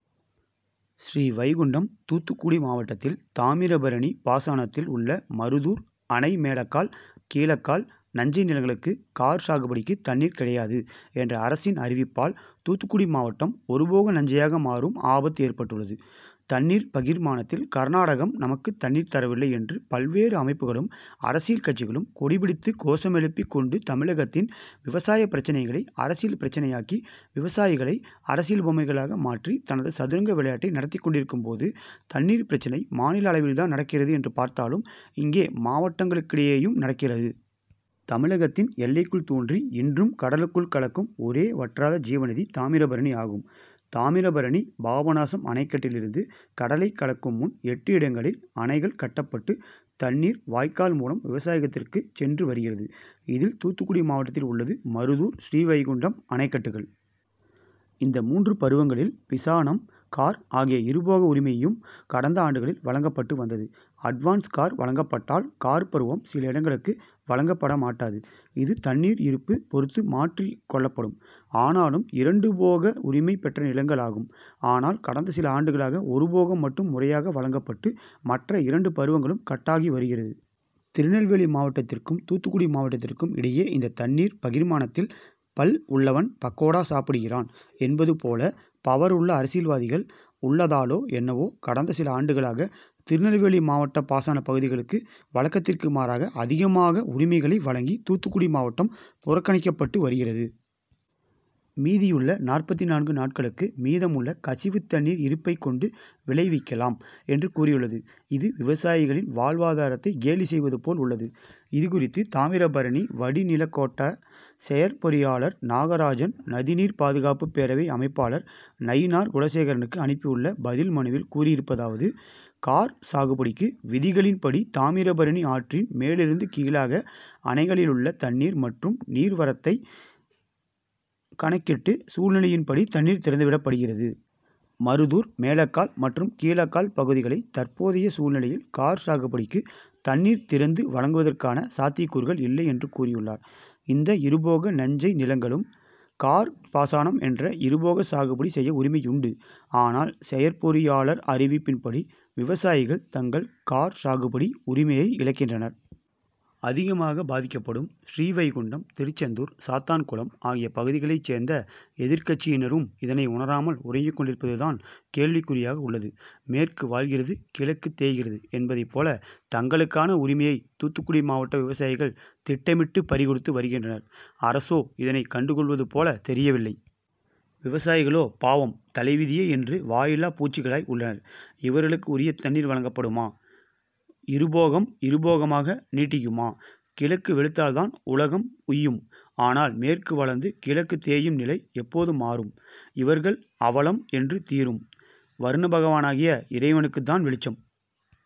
ஸ்ரீவைகுண்டம் தூத்துக்குடி மாவட்டத்தில் தாமிரபரணி பாசனத்தில் உள்ள மருதூர் அணை மேலக்கால் கீழக்கால் நஞ்சை நிலங்களுக்கு கார் சாகுபடிக்கு தண்ணீர் கிடையாது என்ற அரசின் அறிவிப்பால் தூத்துக்குடி மாவட்டம் ஒருபோக நஞ்சையாக மாறும் ஆபத்து ஏற்பட்டுள்ளது. தண்ணீர் பகிர்மானத்தில் கர்நாடகம் நமக்கு தண்ணீர் தரவில்லை என்று பல்வேறு அமைப்புகளும், அரசியல்கட்சிகளும் கொடி பிடித்து கோஷம் எழுப்பி கொண்டு தமிழகத்தின் விவசாய பிரச்னைகளை அரசியல் பிரச்னையாக்கி, விவசாயிகளை அரசியல் பொம்மைகளாக மாற்றி தனது சதுரங்க விளையாட்டை நடத்தி கொண்டிருக்கும் போது தண்ணீர் பிரச்னை மாநில அளவில்தான் நடக்கிறது என்று பார்த்தாலும் இங்கே மாவட்டங்களுக்கிடையேயும் நடக்கிறது. தமிழகத்தின் எல்லைக்குள் தோன்றி இன்றும் கடலுக்குள் கலக்கும் ஒரே வற்றாத ஜீவநதி தாமிரபரணி ஆகும். தாமிரபரணி பாபநாசம் அணைக்கட்டிலிருந்து கடலை கலக்கும் முன் எட்டு இடங்களில் அணைகள் கட்டப்பட்டு தண்ணீர் வாய்க்கால் மூலம் விவசாயத்திற்கு சென்று வருகிறது. இதில் தூத்துக்குடி மாவட்டத்தில் உள்ளது மருதூர், ஸ்ரீவைகுண்டம் அணைக்கட்டுகள். இந்த மூன்று பருவங்களில் பிசானம், கார் ஆகிய இருபோக உரிமையும் கடந்த ஆண்டுகளில் வழங்கப்பட்டு வந்தது. அட்வான்ஸ் கார் வழங்கப்பட்டால் கார்பருவம் சில இடங்களுக்கு வழங்க படமாட்டாது. இது தண்ணீர் இருப்பு பொறுத்து மாற்றி கொள்ளப்படும். ஆனாலும் இரண்டுபோக உரிமை பெற்ற நிலங்கள் ஆகும். ஆனால் கடந்த சில ஆண்டுகளாக ஒரு போகம் மட்டும் முறையாக வழங்கப்பட்டு மற்ற இரண்டு பருவங்களும் கட்டாகி வருகிறது. திருநெல்வேலி மாவட்டத்திற்கும், தூத்துக்குடி மாவட்டத்திற்கும் இடையே இந்த தண்ணீர் பகிர்மானத்தில் பல் உள்ளவன் பக்கோடா சாப்பிடுகிறான் என்பது போல பவர் உள்ள அரசியல்வாதிகள் உள்ளதாலோ என்னவோ கடந்த சில ஆண்டுகளாக திருநெல்வேலி மாவட்ட பாசன பகுதிகளுக்கு வழக்கத்திற்கு மாறாக அதிகமாக உரிமைகளை வழங்கி தூத்துக்குடி மாவட்டம் புறக்கணிக்கப்பட்டு வருகிறது. மீதி உள்ள நாற்பத்து நான்கு நாட்களுக்கு மீதமுள்ள கசிவு தண்ணீர் இருப்பைக் கொண்டு விளைவிக்கலாம் என்று கூறியுள்ளது. இது விவசாயிகளின் வாழ்வாதாரத்தை கேலி செய்வது போல் உள்ளது. இதுகுறித்து தாமிரபரணி வடிநிலக்கோட்ட செயற்பொறியாளர் நாகராஜன், நதிநீர் பாதுகாப்பு பேரவை அமைப்பாளர் நயினார் குலசேகரனுக்கு அனுப்பியுள்ள பதில் மனுவில் கூறியிருப்பதாவது, கார் சாகுபடிக்கு விதிகளின்படி தாமிரபரணி ஆற்றின் மேலிருந்து கீழாக அணைகளிலுள்ள தண்ணீர் மற்றும் நீர் வரத்தை கணக்கிட்டு சூழ்நிலையின்படி தண்ணீர் திறந்துவிடப்படுகிறது. மருதூர் மேலக்கால் மற்றும் கீழக்கால் பகுதிகளை தற்போதைய சூழ்நிலையில் கார் சாகுபடிக்கு தண்ணீர் திறந்து வழங்குவதற்கான சாத்திய கூறுகள் இல்லை என்று கூறியுள்ளார். இந்த இருபோக நஞ்சை நிலங்களுக்கும் கார் பாசனம் என்ற இருபோக சாகுபடி செய்ய உரிமை உண்டு. ஆனால் செயற் பொறியாளர் அறிவிப்பின்படி விவசாயிகள் தங்கள் கார்சாகுபடி உரிமையை இழக்கின்றனர். அதிகமாக பாதிக்கப்படும் ஸ்ரீவைகுண்டம், திருச்செந்தூர், சாத்தான்குளம் ஆகிய பகுதிகளைச் சேர்ந்த எதிர்கட்சியினரும் இதனை உணராமல் உறங்கிக் கொண்டிருப்பதுதான் கேள்விக் குறியாக உள்ளது. மேற்கு வாழ்கிறது, கிழக்கு தேய்கிறது என்பதை போல தங்களுக்கான உரிமையை தூத்துக்குடி மாவட்ட விவசாயிகள் திட்டமிட்டு பறிகொடுத்து வருகின்றனர். அரசோ இதனைக் கண்டு கொள்வது போல தெரியவில்லை. விவசாயிகளோ பாவம் தலைவிதியே என்று வாயில்லா பூச்சிகளாய் உள்ளனர். இவர்களுக்கு உரிய தண்ணீர் வழங்கப்படுமா? இருபோகம் இருபோகமாக நீடிக்குமா? கிழக்கு வெளுத்தால்தான் உலகம் உய்யும். ஆனால் மேற்கு வளர்ந்து கிழக்கு தேயும் நிலை எப்போது மாறும். இவர்கள் அவலம் என்று தீரும். வருணபகவானாகிய இறைவனுக்குதான் வெளிச்சம்.